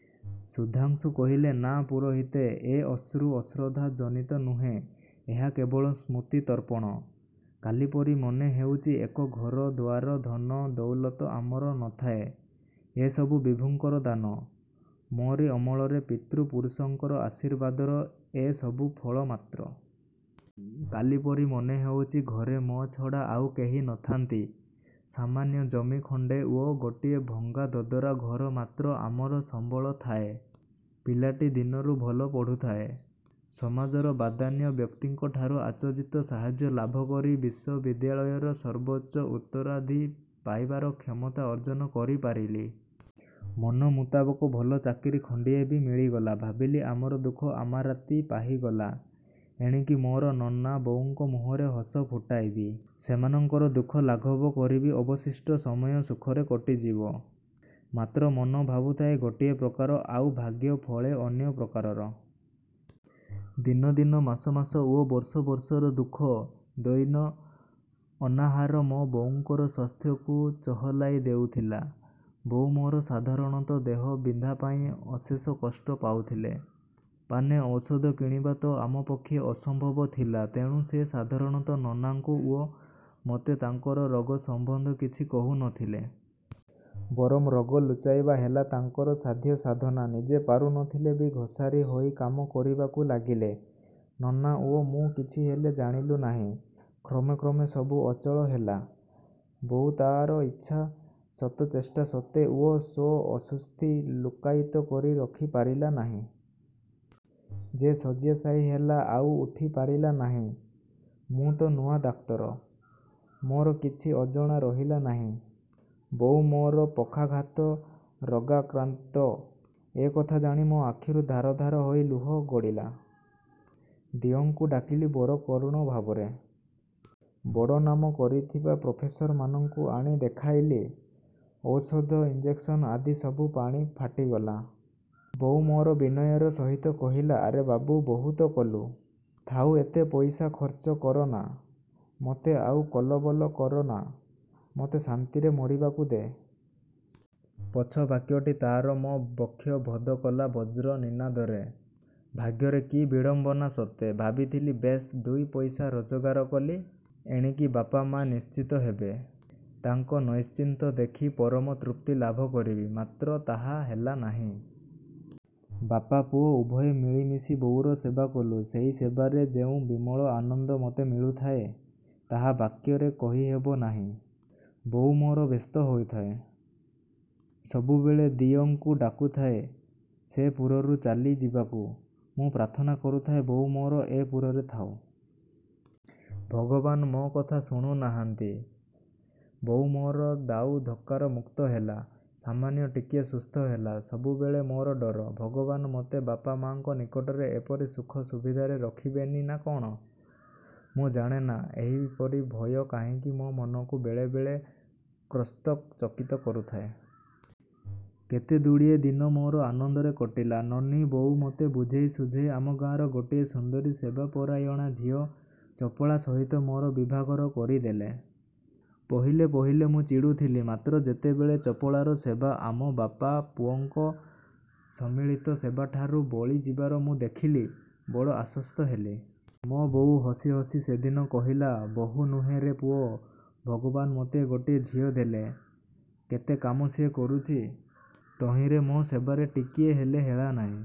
" ସୁଧାଂଶୁ କହିଥିଲେ—ନାହିଁ ପୁରୋହିତେ, ଏ ଅଶ୍ରୁ ଅଶ୍ରଦ୍ଧା ଜନିତ ନୁହେଁ। ଏହା କେବଳ ସ୍ମୃତି ତର୍ପଣ। କାଲିପରି ମନେ ହେଉଛି। ଏ ଘର, ଦ୍ୱାର, ଧନ, ଦଉଲତ ଆମର ନ ଥାଏ-। ଏ ସବୁ ବିଭୁଙ୍କର ଦାନ। ମୋରି ଅମଳରେ। ପିତୃ ପୁରୁଷଙ୍କର ଆଶୀର୍ବାଦର ଏ ସବୁ ଫଳ ମାତ୍ର-। କାଲିପରି ମନେ ହେଉଚି। ଘରେ ମୋ ଛଡ଼ା ଆଉ କେହି ନ ଥାଆନ୍ତି। ସାମାନ୍ୟ ଜମି ଖଣ୍ଡେ ଓ ଗୋଟିଏ ଭଙ୍ଗା ଦଦରା ଘର ମାତ୍ର ଆମର ସମ୍ୱଳ ଥାଏ। ପିଲାଟି ଦିନରୁ ଭଲ ପଢ଼ୁଥାଏ-। ସମାଜର ବଦାନ୍ୟ ବ୍ୟକ୍ତିଙ୍କଠାରୁ ଅଯାଚିତ ସାହାର୍ଯ୍ୟ ଲାଭକରି ବିଶ୍ୱବିଦ୍ୟାଳୟର ସର୍ବୋଚ୍ଚ ଉରାଧି ପାଇବାର କ୍ଷମତା ଅର୍ଜନ କରି ପାରିଲି। ମନମୁତାବକ ଭଲ ଚାକିରୀ ଖଣ୍ଡିଏ ବି ମିଳିଗଲା-। ଭାବିଲି, ଆମର ଦୁଃଖ-ଅମାରାତି ପାହିଗଲା। ଏଣିକି ମୋର ନନା ବୋଉଙ୍କ ମୁହଁରେ ହସ ଫୁଟାଇବି। ସେମାନଙ୍କର ଦୁଃଖ ଲାଘବ କରିବି ଅବଶିଷ୍ଟ ସମୟ ସୁଖରେ କଟିଯିବ। ମାତ୍ର ମନ ଭାବୁଥାଏ ଗୋଟାଏ ପ୍ରକାର, ଆଉ ଭାଗ୍ୟ ଫଳେ ଅନ୍ୟ ପ୍ରକାରର। ଦିନ ଦିନ, ମାସ ମାସ ଓ ବର୍ଷ ବର୍ଷର ଦୁଃଖ, ଦୈନ୍ୟ, ଅନାହାର ମୋ ବୋଉଙ୍କର ସ୍ୱାସ୍ଥ୍ୟକୁ ଚହଲାଇ ଦେଇଥିଲା। ବୋଉ ମୋର ସାଧାରଣତଃ ଦେହ ବିନ୍ଧା ପାଇଁ ଅଶେଷ କଷ୍ଟ ପାଉଥିଲେ। ପାନେ ଔଷଧ କିଣିବା ତ ଆମ ପକ୍ଷେ ଅସମ୍ଭବ ଥିଲା; ତେଣୁ ସେ ସାଧାରଣତଃ ନନାଙ୍କୁ ଓ ମୋତେ ତାଙ୍କର ରୋଗ ସମ୍ୱନ୍ଧ କିଛି କହୁ ନ ଥିଲେ। ବରଂ ରୋଗ ଲୁଚାଇବା ହେଲା ତାଙ୍କର ସାଧ୍ୟ ସାଧନା। ନିଜେ ପାରୁ ନ ଥିଲେ ବି ଘୋଷାରି ହୋଇ କାମ କରିବାକୁ ଲାଗିଲେ। ନନା ଓ ମୁଁ କିଛି ହେଲେ ଜାଣିଲୁ ନାହିଁ। କ୍ରମେ କ୍ରମେ ସବୁ ଅଚଳ ହେଲା। ବୋଉ ତାର ଇଚ୍ଛା ଶତଚେଷ୍ଟା ସତ୍ତ୍ୱେ ଓ ସ୍ୱ ଅସୁସ୍ଥି ଲୁକ୍କାୟିତ କରି ରଖି ପାରିଲା ନାହିଁ। ଯେ ଶଯ୍ୟାଶାୟୀ ହେଲା, ଆଉ ଉଠି ପାରିଲା ନାହିଁ। ମୁଁ ତ ନୂଆ ଡାକ୍ତର। ମୋର କିଛି ଅଜଣା ରହିଲା ନାହିଁ। ବୋଉ ମୋର ପକ୍ଷାଘାତ ରୋଗାକ୍ରାନ୍ତ। ଏ କଥା ଜାଣି ମୋ ଆଖିରୁ ଧାର ଧାର ହୋଇ ଲୁହ ଗଡ଼ିଲା। ଦିଅଁଙ୍କୁ ଡାକିଲି ବଡ଼ କରୁଣ ଭାବରେ। ବଡ଼ ନାମ କରିଥିବା ପ୍ରଫେସରମାନଙ୍କୁ ଆଣି ଦେଖାଇଲି। ଔଷଧ ଇଞ୍ଜେକ୍ସନ ଆଦି ସବୁ ପାଣି ଫାଟିଗଲା। ବୋଉ ମୋର ବିନୟର ସହିତ କହିଲା—ଆରେ ବାବୁ, ବହୁତ କଲୁ। ଥାଉ, ଏତେ ପଇସା ଖର୍ଚ୍ଚ କର ନା, ମତେ ଆଉ କଲବଲ କର ନା। ମତେ ଶାନ୍ତିରେ ମରିବାକୁ ଦେ। ପଛବାକ୍ୟଟି ତାର ମୋ ବକ୍ଷ ଭୋଦ କଲା ବଜ୍ର ନିନାଦରେ। ଭାଗ୍ୟର କି ବିଡ଼ମ୍ୱନା ସତେ! ଭାବିଥିଲି ବେଶ୍ ଦୁଇ ପଇସା ରୋଜଗାର କଲି, ଏଣିକି ବାପ ମା ନିଶ୍ଚିନ୍ତ ହେବେ। ତାଙ୍କ ନୈଶ୍ଚିନ୍ତ୍ୟ ଦେଖି ପରମ ତୃପ୍ତି ଲାଭ କରିବି, ମାତ୍ର ତାହା ହେଲା ନାହିଁ। ବାପ, ପୁଅ, ଉଭୟେ ମିଳିମିଶି ବୋଉର ସେବା କଲୁଁ। ସେହି ସେବାରେ ଯେଉଁ ବିମଳ ଆନନ୍ଦ ମତେ ମିଳୁଥାଏ, ତାହା ବାକ୍ୟରେ କହିହେବ ନାହିଁ। ବୋଉ ମୋର ବ୍ୟସ୍ତ ହେଉଥାଏ। ସବୁବେଳେ ଦିଅଙ୍କୁ ଡାକୁଥାଏ ସେପୁରକୁ ଚାଲି ଯିବାକୁ। ମୁଁ ପ୍ରାର୍ଥନା କରୁଥାଏ, ବୋଉ ମୋର ଏ ପୁରରେ ଥାଉ। ଭଗବାନ ମୋ କଥା ଶୁଣୁ ଥାଆନ୍ତି; ବୋଉ ମୋର ଦାଉ ଧକ୍କାର ମୁକ୍ତ ହେଲା। ସାମାନ୍ୟ ଟିକିଏ ସୁସ୍ଥ ହେଲା-। ସବୁବେଳେ ମୋର ଡର। ଭଗବାନ ମତେ ବାପ—ମା'ଙ୍କ ନିକଟରେ ଏପରି ସୁଖ ସୁବିଧାରେ ରଖିବେନି ନା କ'ଣ। ମୁଁ ଜାଣେ ନା, ଏପରି ଭୟ କାହିଁକି ମୋ ମନକୁ ବେଳେ ବେଳେ କ୍ରସ୍ତ ଚକିତ କରୁଥାଏ। କେତେଦୁଡ଼ିଏ ଦିନ ମୋର ଆନନ୍ଦରେ କଟିଗଲା। ନନୀ, ବୋଉ ମତେ ବୁଝେଇ ସୁଝେଇ ଆମ ଗାଁର ଗୋଟିଏ। ସୁନ୍ଦରୀ ଓ ସେବାପରାୟଣା ଝିଅ ଚପଳା ସହିତ ମୋର ବିଭାଘର କରି ଦେଲେ। ପହିଲେ ପହିଲେ ମୁଁ ଚିଡ଼ୁଥିଲି; ମାତ୍ର ଯେତେବେଳେ ଚପଳାର ସେବା ଆମ ବାପ ପୁଅଙ୍କ ସମ୍ମିଳୀତ ସେବାଠ ରୁ ବଳି ଯିବାର ମୁଁ ଦେଖିଲି, ବଡ଼ ଆଶ୍ୱସ୍ତ ହେଲି। ମୋ ବୋଉ ହସି ହସି ସେଦିନ କହିଥିଲା—ବୋହୂ ନୁହେଁ ରେ ପୁଅ ଭଗବାନ ମତେ ଗୋଟିଏ ଝିଅ ଦେଲେ। କେତେ କାମ ସିଏ କରୁଚି। ତହିଁରେ ମୋ ସେବାରେ ଟିକିଏ ହେଲେ ହେଳା ନାହିଁ।